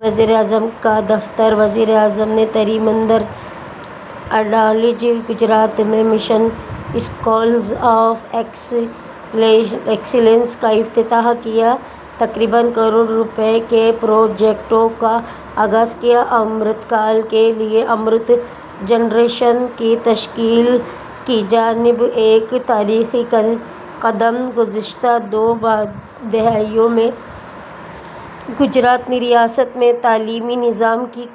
وزیراعظم کا دفتر وزیر اعظم نے تری مندر، اڈلج، گجرات میں مشن اسکولز آف ایکسیلنس کا افتتاح کیا۔ تقریباً کروڑ روپے کے پروجیکٹوں کا آغاز کیا۔ امرت کال کے لیے امرت جنریشن کی تشکیل کی جانب ایک تاریخی قدم گزشتہ دو دہائیوں میں گجرات نے ریاست میں تعلیمی نظام کی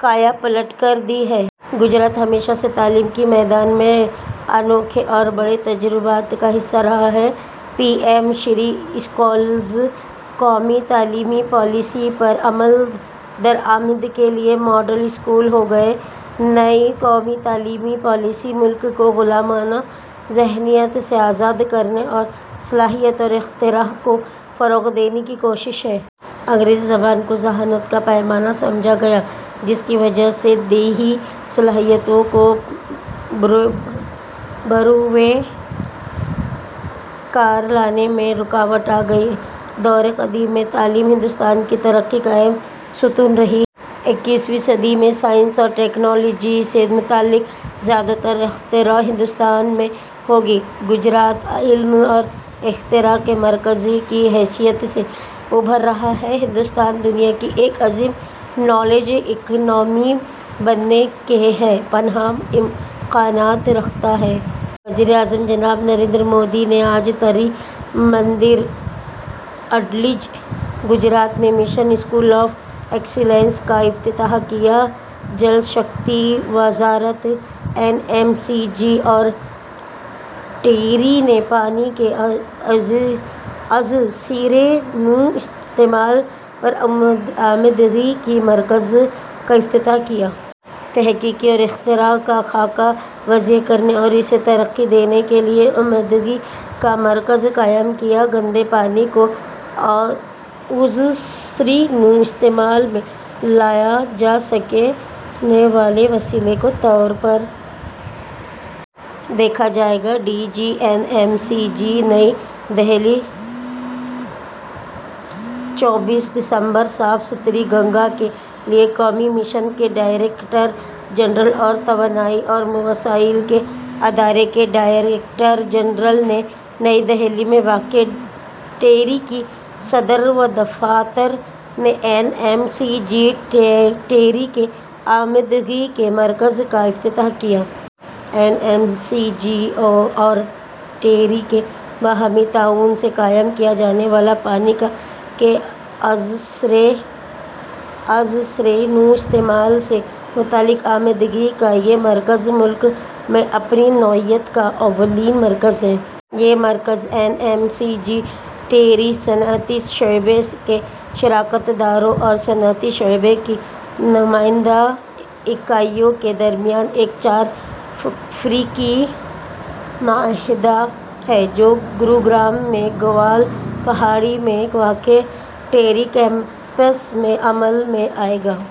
کایا پلٹ کر دی ہے۔ گجرات ہمیشہ سے تعلیم کے میدان میں انوکھے اور بڑے تجربات کا حصہ رہا ہے۔ پی ایم- شری اسکولز قومی تعلیمی پالیسی پر عمل درآمد کے لیے ماڈل اسکول ہوں گے۔ نئی قومی تعلیمی پالیسی ملک کو غلامانہ ذہنیت سے آزاد کرنے اور صلاحیت اور اختراع کو فروغ دینے کی کوشش ہے۔ انگریزی زبان کو ذہانت کا پیمانہ سمجھا گیا، جس کی وجہ سے دیہی صلاحیتوں کو بروئے کار لانے میں رکاوٹ آگئی۔ دورِ قدیم سے تعلیم ہندوستان کی ترقی کا اہم ستون رہی ہے۔ اکیسویں صدی میں سائنس اور ٹیکنالوجی سے متعلق زیادہ تر اختراع ہندوستان میں ہوگی۔ گجرات علم اور اختراع کے مرکز کی حیثیت سے ابھر رہا ہے۔ ہندوستان دنیا کی ایک عظیم نالج اکانومی بننے کے بے پناہ امکانات رکھتا ہے۔ وزیر اعظم جناب نریندر مودی نے آج تری مندر، اڈلج، گجرات میں مشن اسکول آف ایکسیلنس کا افتتاح کیا۔ جل شکتی وزارت این ایم سی جی اور ٹیری نے پانی کے ازسرِ نو استعمال پر عمدگی کے مرکز کا افتتاح کیا۔ تحقیق و اختراع کا خاکہ وضع کرنے اور اسے ترقی دینے کے لیے عمدگی کا مرکز قائم کیا۔ گندے پانی کو ازسرِ نو استعمال میں لائے جا سکنے والے وسیلے کے طور پر دیکھا جائے گا: D G, N M C G نئی دہلی، چوبیس دسمبر: صاف ستھری گنگا کے لیے قومی مشن کے ڈائریکٹر جنرل اور توانائی اور وسائل کے ادارے کے ڈائریکٹر جنرل نے نئی دہلی میں واقع ٹیری کے صدر دفاتر میں این ایم سی جی-ٹیری کے عمدگی کے مرکز کا افتتاح کیا۔ این ایم سی جی اور ٹیری کے باہمی تعاون سے قائم کیا جانے والا پانی کے ازسرِ نو استعمال سے متعلق عمدگی کا یہ مرکز ملک میں اپنی نوعیت کا اولین مرکز ہے۔ یہ مرکز N M C G, TERI, صنعتی شعبے کے شراکت داروں اور صنعتی شعبے کی نمائندہ اکائیوں کے درمیان ایک چار فریقی معاہدہ ہے، جو گروگرام میں گوال پہاڑی میں واقع ٹیری کیمپس میں عمل میں آئے گا۔